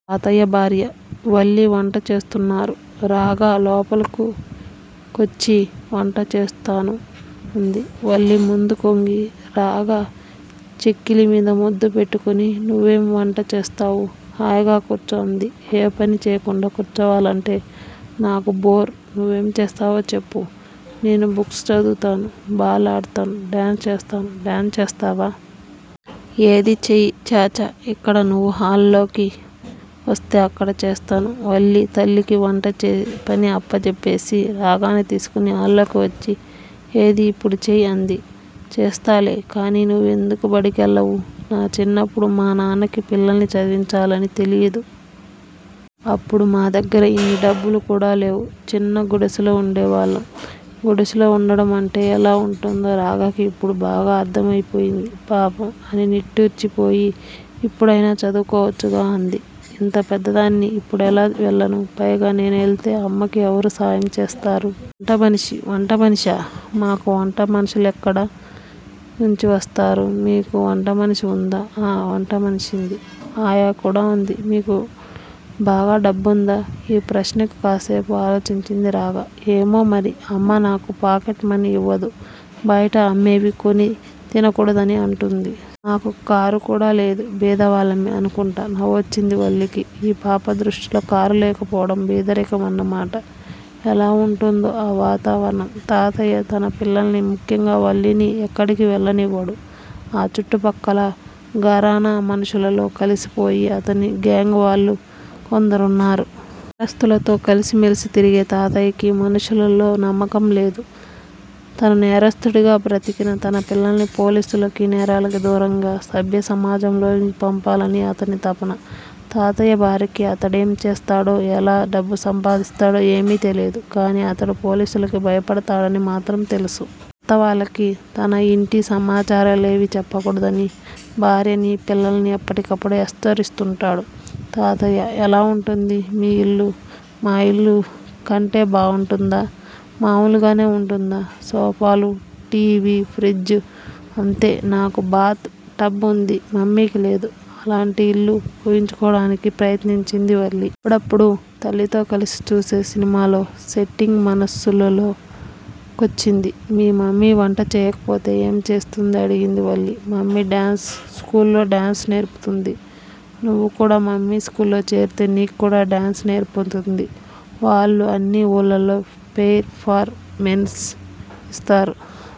తాతయ్య భార్య, వల్లి వంట చేస్తున్నారు. రాగ లోపలికొచ్చి వంట చేస్తాను అంది. వల్లి ముందు కొంగి రాగ చెక్కిలి మీద ముద్దు పెట్టుకుని, నువెం వంట చేస్తావు? హాయిగా కూర్చో అంది. ఏ పని చెయ్యకుండా కుర్చోవాలంటే నాకు బోర్ నువెం చేస్తావో చెప్పు నేను బుక్స్ చదువుతాను- బాల్ ఆడతాను- డాన్స్ చేస్తాను డాన్స్ చేస్తావా? ఏది చెయ్యి. ఛ ఛ! ఇక్కడా! నువు హాల్ లోకి వస్తే అక్కడ చేస్తాను. వల్లి తల్లికి వంట పని అప్పజెప్పేసి, రాగని తీసుకుని హాల్లోకి వచ్చి ఏది యిప్పుడు చెయ్యి అంది. చేస్తాలే కాని, నువెందుకు బడికెళ్ళవు? నా చిన్నప్పుడు మా నాన్నకి పిల్లల్ని చదివించాలని తెలియదు. అప్పుడు మా దగ్గిర యిన్ని డబ్బులు కూడా లేవు. చిన్న గుడిసెలో వుండే వాళ్ళం. గుడిసెలో వుండడం అంటే ఎలా వుంటుందో రాగకి యిప్పుడు బాగా అర్ధమైపోయింది. పాపం! అని నిట్టూర్చి పోనీ యిప్పుడైనా చదువుకోవచ్చుగా, అంది. ఇంత పెద్దదాన్ని ఇప్పుడెలా వెళ్ళను? పైగా నేనేల్తే అమ్మకి ఎవరు సాయం చేస్తారు? వంటమనిషి వంటమనిషా! మాకు వంటమనుష్యులెక్కడ నుంచి వస్తారు? మీకు వంట మనిషి ఉందా! ఆ! వంటమనిషి, ఆయా కూడా వుంది. మీకు బాగా డబ్బుందా? ఈ ప్రశ్నకి కాస్సేపు ఆలోచించింది రాగ. ఏమో మరి? అమ్మ నాకు పాకెట్ మని యివదు. బయట అమ్మేవి కొని తినకూడదని అంటుంది. మాకు కారు కూడా లేదు. బీదవాళ్ళమే అనుకుంటా నవొచ్చింది వల్లికి. ఈ పాప దృష్టిలో కారు లేకపోవడం బీదరికమన్నమాట. ఎలా వుంటుందో ఆ వాతావరణం. తాతయ్య తన పిల్లల్ని ముఖ్యంగా వల్లిని ఎక్కడికి వెళ్ళనివడు. ఆ చుట్టూ పక్కల ఘరానా మనుష్యులల్లో కలిసిపోయి అతని గేంగ్ వాళ్ళు కొందరున్నారు. నేరస్థులతో కలిసి మెలిసి తిరిగే తాతయ్యకి మనుష్యుల్లో నమ్మకం లేదు. తను నేరస్థుడిగా బ్రతికినా తన పిల్లల్ని పోలీసులకి, నేరాలకి దూరంగా సభ్య సమాజంలోకి పంపాలని అతని తపన. తాతయ్య భార్యకి అతడెం చేస్తాడో? ఎలా డబ్బు సంపాదిస్తాడో? ఏమి తెలియదు. కానీ అతడు పోలీసులకి భయపడతాడని మాత్రం తెలుసు. కొత్త వాళ్ళకి తమ యింటి సమాచారాలేమి చెప్పకూడదని, భార్యని, పిల్లలని ఎప్పటికప్పుడు హెచ్చరిస్తుంటాడు తాతయ్య. ఎలా వుంటుంది మీ యిల్లు? మా యిల్లు కంటే బాగుంటుందా? మాములుగానే వుంటుంది. సోఫాలు, టి. వి. ప్ర్హిజ్ అంతే నాకు బాత్ టబ్ వుంది. మమ్మికి లేదు. అలాంటి ఇల్లు ఉహించుకోడానికి ప్రయత్నించింది వల్లి. అప్పుడప్పుడో తల్లితో కలిసి చూసే సినిమాలో సెట్టింగ్ మనసులో కొచ్చింది. మీ మమ్మీ వంట చేయకపోతే ఏం చేస్తుంది? అడిగింది వల్లి. మమ్మీ డాన్సు స్కూల్లో డాన్సు నేర్పుతుంది. నువు కూడా మమ్మీ స్కూల్లో చేరితే నిక్కుడా డాన్స్ నేర్పుతుంది. వాళ్ళు అన్నీ ఉళ్ళల్లో పెర్ ఫార్ మెన్స్ యిస్తారు.